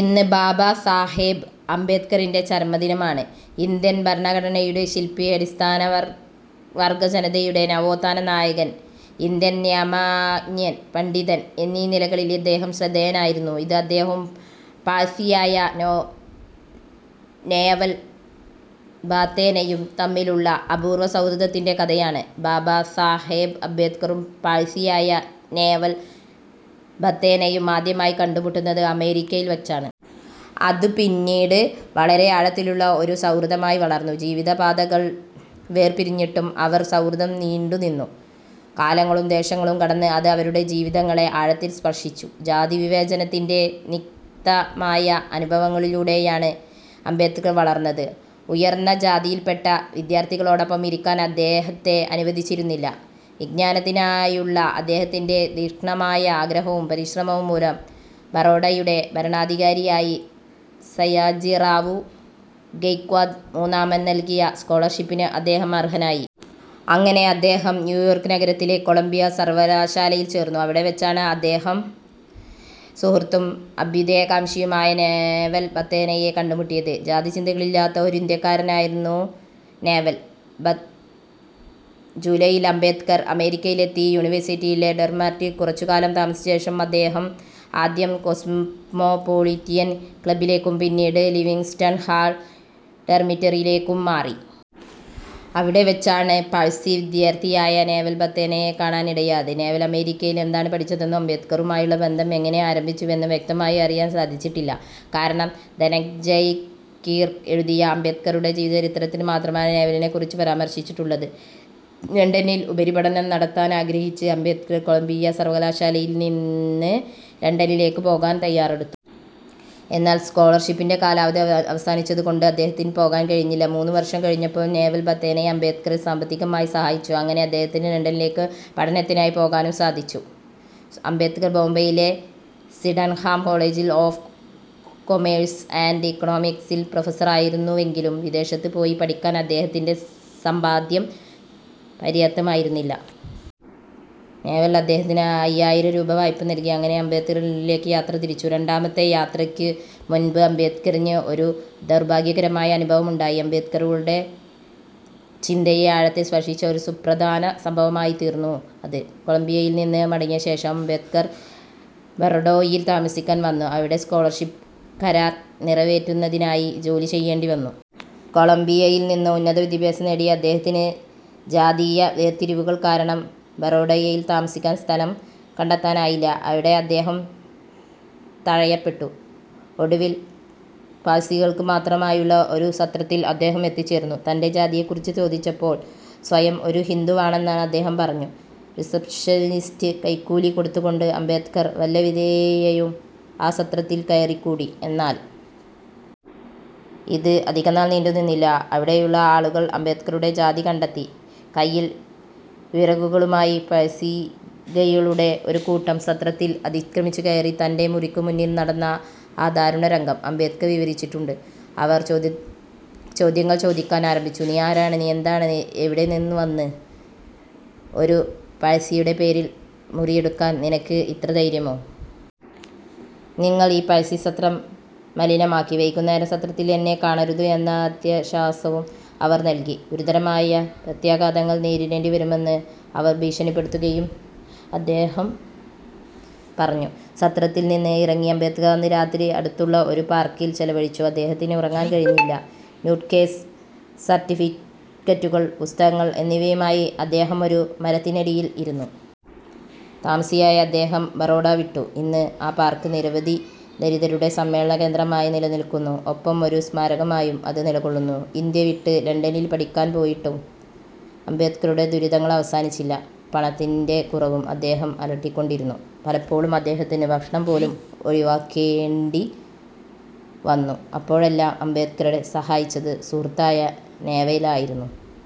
ഇന്ന് ബാബാസാഹേബ് അംബേദ്കറിന്റെ ചരമദിനമാണ്. ഇന്ത്യൻ ഭരണഘടനയുടെ ശിൽപി, അടിസ്ഥാന വർവർഗ ജനതയുടെ നവോത്ഥാന നായകൻ, ഇന്ത്യൻ നിയമജ്ഞൻ, പണ്ഡിതൻ എന്നീ നിലകളിൽ അദ്ദേഹം ശ്രദ്ധേയനായിരുന്നു. ഇത് അദ്ദേഹവും പാഴ്സിയായ നേവൽ ഭത്തേനയും തമ്മിലുള്ള അപൂർവ സൗഹൃദത്തിന്റെ കഥയാണ്. ബാബാസാഹേബ് അംബേദ്കറും പാഴ്സിയായ നേവൽ ഭത്തേനയും ആദ്യമായി കണ്ടുമുട്ടുന്നത് അമേരിക്കയിൽ വച്ചാണ്. അത് പിന്നീട് വളരെ ആഴത്തിലുള്ള ഒരു സൗഹൃദമായി വളർന്നു. ജീവിതപാതകൾ വേർപിരിഞ്ഞിട്ടും അവരുടെ സൗഹൃദം നീണ്ടുനിന്നു. കാലങ്ങളും ദേശങ്ങളും കടന്ന് അത് അവരുടെ ജീവിതങ്ങളെ ആഴത്തിൽ സ്പർശിച്ചു. ജാതിവിവേചനത്തിന്റെ തിക്തമായ അനുഭവങ്ങളിലൂടെയാണ് അംബേദ്കർ വളർന്നത്. ഉയർന്ന ജാതിയിൽപ്പെട്ട വിദ്യാർഥികളോടൊപ്പം ഇരിക്കാൻ അദ്ദേഹത്തെ അനുവദിച്ചിരുന്നില്ല. വിജ്ഞാനത്തിനായുള്ള അദ്ദേഹത്തിന്റെ തീക്ഷ്ണമായ ആഗ്രഹവും പരിശ്രമവും മൂലം ബറോഡയുടെ ഭരണാധികാരിയായ സയാജിറാവു ഗെയ്ക്ക്വാദ് മൂന്നാമൻ നൽകിയ സ്കോളർഷിപ്പിന് അദ്ദേഹം അർഹനായി. അങ്ങനെ അദ്ദേഹം ന്യൂയോർക്ക് നഗരത്തിലെ കൊളംബിയ സർവകലാശാലയിൽ ചേർന്നു. അവിടെവച്ചാണ് അദ്ദേഹം സുഹൃത്തും അഭ്യുദയകാംക്ഷിയുമായ നേവൽ ഭത്തേനയെ കണ്ടുമുട്ടിയത്. ജാതിചിന്തകളില്ലാത്ത ഒരു ഇന്ത്യക്കാരനായിരുന്നു നേവൽ. ജൂലൈയിൽ അംബേദ്കർ അമേരിക്കയിലെത്തി. യൂണിവേഴ്സിറ്റിയിലെ ഡോർമിറ്ററിയിൽ കുറച്ചുകാലം താമസിച്ചശേഷം അദ്ദേഹം ആദ്യം കോസ്മോപൊളിറ്റൻ ക്ലബിലേക്കും പിന്നീട് ലിവിംഗ്സ്റ്റൺ ഹാൾ ഡോർമിറ്ററിയിലേക്കും മാറി. അവിടെവച്ചാണ് പാഴ്സി വിദ്യാർഥിയായ നേവൽ ഭത്തേനയെ കാണാനിടയായത്. നേവൽ അമേരിക്കയിൽ എന്താണ് പഠിച്ചതെന്നും അംബേദ്കറുമായുള്ള ബന്ധം എങ്ങനെ ആരംഭിച്ചുവെന്നും വ്യക്തമായി അറിയാൻ സാധിച്ചിട്ടില്ല. കാരണം ധനഞ്ജയ് കീർ എഴുതിയ അംബേദ്കറുടെ ജീവചരിത്രത്തിൽ മാത്രമാണ് നേവലിനെക്കുറിച്ച് പരാമർശിച്ചിട്ടുള്ളത്. ലണ്ടനിൽ ഉപരിപഠനം നടത്താനാഗ്രഹിച്ച് അംബേദ്കർ കൊളംബിയ സർവകലാശാലയിൽ നിന്ന് ലണ്ടനിലേക്ക് പോകാൻ തയ്യാറെടുത്തു. എന്നാൽ സ്കോളർഷിപ്പിന്റെ കാലാവധി അവസാനിച്ചതുകൊണ്ട് അദ്ദേഹത്തിന് പോകാൻ കഴിഞ്ഞില്ല. മൂന്നുവർഷം കഴിഞ്ഞപ്പോൾ നേവൽ ഭത്തേന അംബേദ്കറെ സാമ്പത്തികമായി സഹായിച്ചു. അങ്ങനെ അദ്ദേഹത്തിന് ലണ്ടനിലേക്ക് പഠനത്തിനായി പോകാനും സാധിച്ചു. അംബേദ്കർ ബോംബെയിലെ Sydenham college of commerce and ഇക്കണോമിക്സിൽ പ്രൊഫസറായിരുന്നുവെങ്കിലും വിദേശത്ത് പോയി പഠിക്കാൻ അദ്ദേഹത്തിന്റെ സമ്പാദ്യം പര്യാപ്തമായിരുന്നില്ല. നേവൽ അദ്ദേഹത്തിന് അയ്യായിരം രൂപ വായ്പ നൽകി. അങ്ങനെ അംബേദ്കർ ലണ്ടനിലേക്ക് യാത്ര തിരിച്ചു. രണ്ടാമത്തെ യാത്രയ്ക്ക് മുൻപ് അംബേദ്കറിന് ഒരു ദൗർഭാഗ്യകരമായ അനുഭവം ഉണ്ടായി. അംബേദ്കറുടെ ചിന്തയെ ആഴത്തിൽ സ്പർശിച്ച ഒരു സുപ്രധാന സംഭവമായിത്തീർന്നു അത്. കൊളംബിയയിൽ നിന്ന് മടങ്ങിയശേഷം അംബേദ്കർ ബറോഡയിൽ താമസിക്കാൻ വന്നു. അവിടെ സ്കോളർഷിപ്പ് കരാർ നിറവേറ്റുന്നതിനായി ജോലി ചെയ്യേണ്ടി വന്നു. കൊളംബിയയിൽ നിന്ന് ഉന്നത വിദ്യാഭ്യാസം നേടിയ അദ്ദേഹത്തിന് ജാതീയ വേർതിരിവുകൾ കാരണം ബറോഡയിൽ താമസിക്കാൻ സ്ഥലം കണ്ടെത്താനായില്ല. എവിടെയും അദ്ദേഹം തഴയപ്പെട്ടു. ഒടുവിൽ പാഴ്സികൾക്ക് മാത്രമായുള്ള ഒരു സത്രത്തിൽ അദ്ദേഹം എത്തിച്ചേർന്നു. തന്റെ ജാതിയെക്കുറിച്ച് ചോദിച്ചപ്പോൾ സ്വയം ഒരു ഹിന്ദുവാണെന്ന് അദ്ദേഹം പറഞ്ഞു. റിസപ്ഷനിസ്റ്റിന് കൈക്കൂലി കൊടുത്തുകൊണ്ട് അംബേദ്കർ വല്ലവിധേനയും ആ സത്രത്തിൽ കയറിക്കൂടി. എന്നാൽ ഇത് അധികനാൾ നീണ്ടുനിന്നില്ല. അവിടെയുള്ള ആളുകൾ അംബേദ്കറുടെ ജാതി കണ്ടെത്തി. കയ്യിൽ വിറകുകളുമായി പാഴ്സികളുടെ ഒരു കൂട്ടം സത്രത്തിൽ അതിക്രമിച്ചുകയറി. തന്റെ മുറിക്ക് മുന്നിൽ നടന്ന ആ ദാരുണരംഗം അംബേദ്കർ വിവരിച്ചിട്ടുണ്ട്. അവർ ചോത്ചോദ്യങ്ങൾ ചോദിക്കാൻ ആരംഭിച്ചു. നീ ആരാണ്. നീ എന്തിനാണ് ഇവിടെ വന്നത്. ഒരു പാഴ്സിയുടെ പേരിൽ മുറിയെടുക്കാൻ നിനക്ക് ഇത്ര ധൈര്യമോ. നിങ്ങൾ ഈ പാഴ്സി സത്രം മലിനമാക്കി. വൈകുന്നേരം സത്രത്തിൽ എന്നെ കാണരുത് എന്ന അന്ത്യശാസനവും അവർ നൽകി. ഗുരുതരമായ പ്രത്യാഘാതങ്ങൾ നേരിടേണ്ടിവരുമെന്ന് അവർ ഭീഷണിപ്പെടുത്തിയതായും അദ്ദേഹം പറഞ്ഞു. സത്രത്തിൽനിന്ന് ഇറങ്ങിയ അംബേദ്കർ അന്ന് രാത്രി അടുത്തുള്ള ഒരു പാർക്കിൽ ചെലവഴിച്ചു. അദ്ദേഹത്തിന് ഉറങ്ങാൻ കഴിഞ്ഞില്ല. സ്യൂട്ട്കേസ്, സർട്ടിഫിക്കറ്റുകൾ, പുസ്തകങ്ങൾ എന്നിവയുമായി അദ്ദേഹം ഒരു മരത്തിനടിയിൽ ഇരുന്നു. താമസിയാതെ അദ്ദേഹം ബറോഡ വിട്ടു.ഇന്ന് ആ പാർക്ക് നിരവധി ദലിതരുടെ സമ്മേളന കേന്ദ്രമായി നിലനിൽക്കുന്നു. ഒപ്പം ഒരു സ്മാരകമായും അത് നിലകൊള്ളുന്നു. ഇന്ത്യ വിട്ട് ലണ്ടനിൽ പഠിക്കാൻ പോയിട്ടും അംബേദ്കറുടെ ദുരിതങ്ങൾ അവസാനിച്ചില്ല. പണത്തിന്റെ കുറവ് അദ്ദേഹത്തെ അലട്ടിക്കൊണ്ടിരുന്നു. പലപ്പോഴും അദ്ദേഹത്തിന് ഭക്ഷണം പോലും ഒഴിവാക്കേണ്ടിവന്നു. അപ്പോഴെല്ലാം അംബേദ്കറെ സഹായിച്ചത് സുഹൃത്തായ നേവലായിരുന്നു.